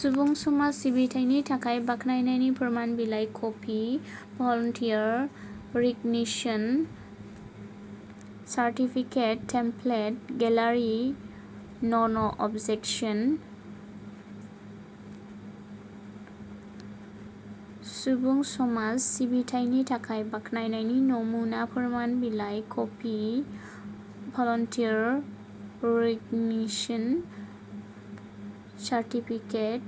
सुबुं समाज सिबिथायनि थाखाय बाख्नायनायनि फोरमान बिलाइ copy volunteer recognition certificate template गेलारि नन अबजेकसन। सुबुं समाज सिबिथायनि थाखाय बाख्नायनायनि नमुना फोरमान बिलाइ copy volunteer recognition certificate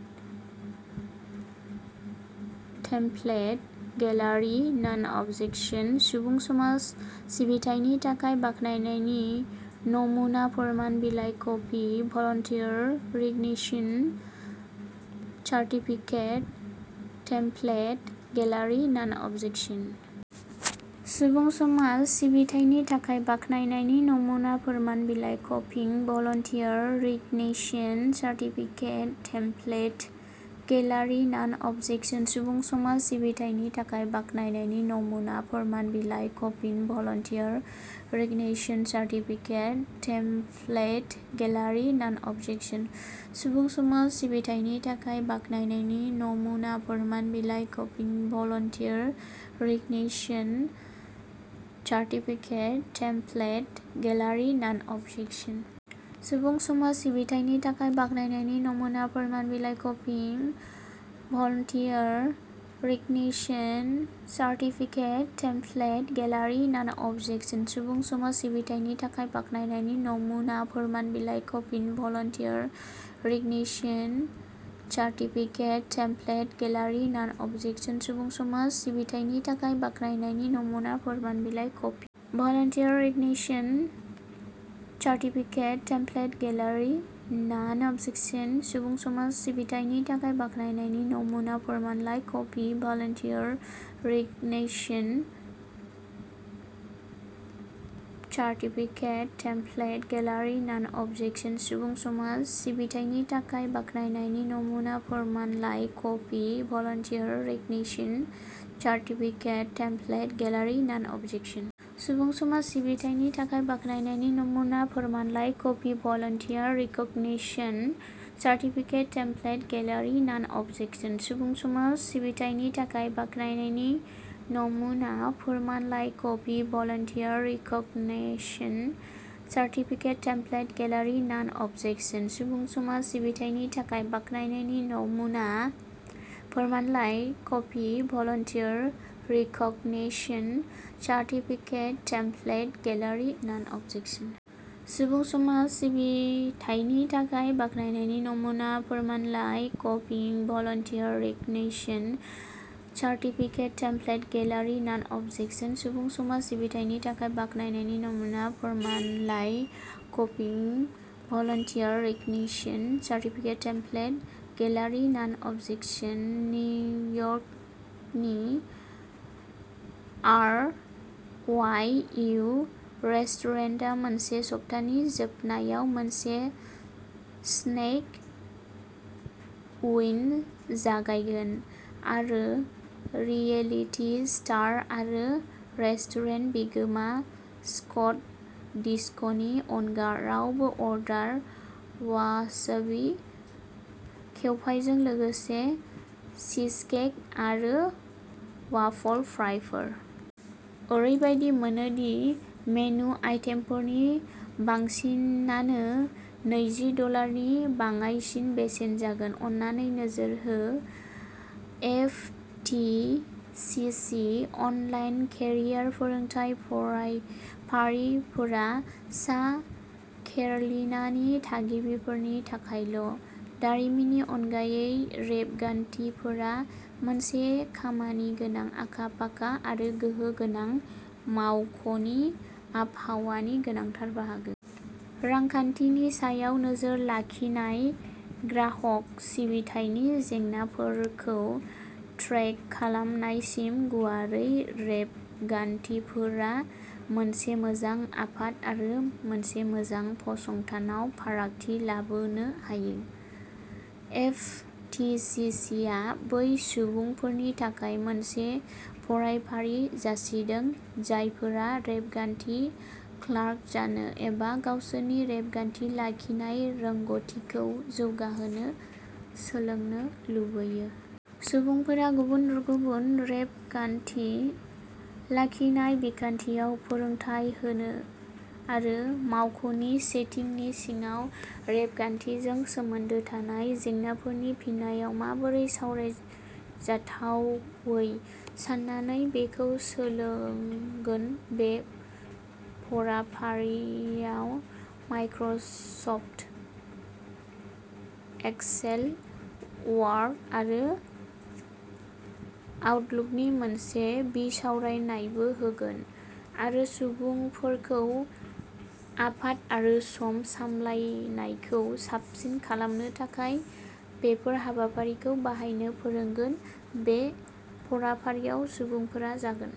template गेलारि नन अबजेकसन। सुबुं समाज सिबिथायनि थाखाय बाख्नायनायनि नमुना फोरमान बिलाइ copy volunteer recognition certificate template गेलारि नान अबजेकसन। सुबुं समाज सिबिथायनि थाखाय बाख्नायनायनि नमुना फोरमान बिलाइ copy volunteer recognition certificate template गेलारि नन अबजेकसन। सुबुं समाज सिबिथायनि थाखाय बाख्नायनायनि नमुना फोरमान बिलाइ copy volunteer recognition certificate template गेलारि नन अबजेकसन। सुबुं समाज सिबिथायनि थाखाय बाख्नायनायनि नमुना फोरमान बिलाइ copy volunteer recognition certificate template गेलारि नन अबजेकसन। सुबुं समाज सिबिथायनि थाखाय बाख्नायनायनि नमुना फोरमान बिलाइ copy volunteer recognition certificate template गेलारि नन अबजेकसन। सुबुं समाज सिबिथायनि थाखाय बाख्नायनायनि नमुना फोरमान बिलाइ copy volunteer recognition certificate template गेलारि नन अबजेकसन। सुबुं समाज सिबिथायनि थाखाय बाख्नायनायनि नमुना फोरमान बिलाइ copy. Volunteer recognition certificate template गेलारि नन अबजेकसन। सुबुं समाज सिबिथायनि थाखाय बाख्नायनायनि नमुना फोरमानलाइ copy volunteer recognition certificate template गेलारि नन अबजेकसन। सुबुं समाज सिबिथायनि थाखाय बाख्नायनायनि नमुना फोरमानलाइ copy volunteer recognition certificate template गेलारि नन अबजेकसन। सुबुं समाज सिबिथायनि थाखाय बाख्नायनायनि नमुना फोरमानलाइ copy volunteer recognition certificate template गेलारि नन अबजेकसन। सुबुं समाज सिबिथायनि थाखाय बाख्नायनायनि नमुना फोरमानलाइ copy volunteer recognition certificate template गेलारि नन अबजेकसन। सुबुं समाज सिबिथायनि थाखाय बाख्नायनायनि नमुना फोरमानलाइ copy volunteer recognition certificate template गेलारि नन अबजेकसन। सुबुं समाज सिबिथायनि थाखाय बाख्नायनायनि नमुना फोरमानलाइ copy volunteer recognition certificate template गेलारि नान अबजेकसन। सुबुं समाज सिबिथायनि थाखाय बाख्नायनायनि नमुना फोरमानलाइ copy volunteer recognition certificate template गेलारि नान अबजेकसन। निउयर्कनि आर वाइ इउ रेस्टुरेन्टआ बे सप्तानि जोबनायाव मोनसे स्नेक उइन्ड' जागायगोन आरो रियेलिटि स्टार आरो रेस्टुरेन्ट बिगोमा स्कट डिस्कनि अनगा रावबो अर्डार वासाबी केउपाइजों लोगोसे चीजकेक आरो वाफल फ्राइफोर। ओरैबायदि मोनो दि मेनु आइटेमफोरनि बांसिनानो नैजि डलारनि बाङाइसिन बेसेन जागोन। अन्नानै नोजोर हो F T C C online career फोरोंथाय फरायफारिफोरा सा केर'लिनानि थागिरिफोरनि थाखायल'। दारिमिननि अनगायै, रेबगान्थिफोरा मोनसे खामानिगोनां, आखा-फाखा आरो गोहोम गोनां मावख'नि आबहावानि गोनांथार बाहागो। रांखान्थिनि सायाव नोजोर लाखिनाया ग्राहक सिबिथायनि जेंनाफोरखौ ट्रेक खालामनायसिम, गुवारै रेबगान्थिफोरा मोनसे मोजां आफाद आरो मोनसे मोजां फसंथानाव फारागथि लाबोनो हायो। एफ टि सि सि आ बै सुबुंफोरनि थाखाय मोनसे फरायफारि जासिदों जायफोरा रेबगान्थि क्लार्क जानो एबा गावसोरनि रेबगान्थि लाखिनाय रोंग'थिखौ जौगाहोनो सोलोंनो लुबैयो। सुबुंफोरा गुबुन-गुबुन रेबगान्थि लाखिनाय बिखान्थियाव फोरोंथाय होनो आरो मावख'नि सेटिंनि सिङाव रेबगान्थिजों सोमोन्दो थानाय जेंनाफोरनि फिननायाव माबोरै सावरायजाथावै साननानै बेखौ सोलोंगोन। बे फराफारिआव माइक्र'सफ्ट एक्सेल, वर्ड आरो आउटलुकनि मोनसे बिसावरायनायबो होगोन आरो सुबुंफोरखौ आफाद आरो सम सामलायनायखौ साबसिन खालामनो थाखाय बेफोर हाबाफारिफोरखौ बाहायनो फोरोंगोन। बे फरायफारिआव सुबुंफोरा जागोन।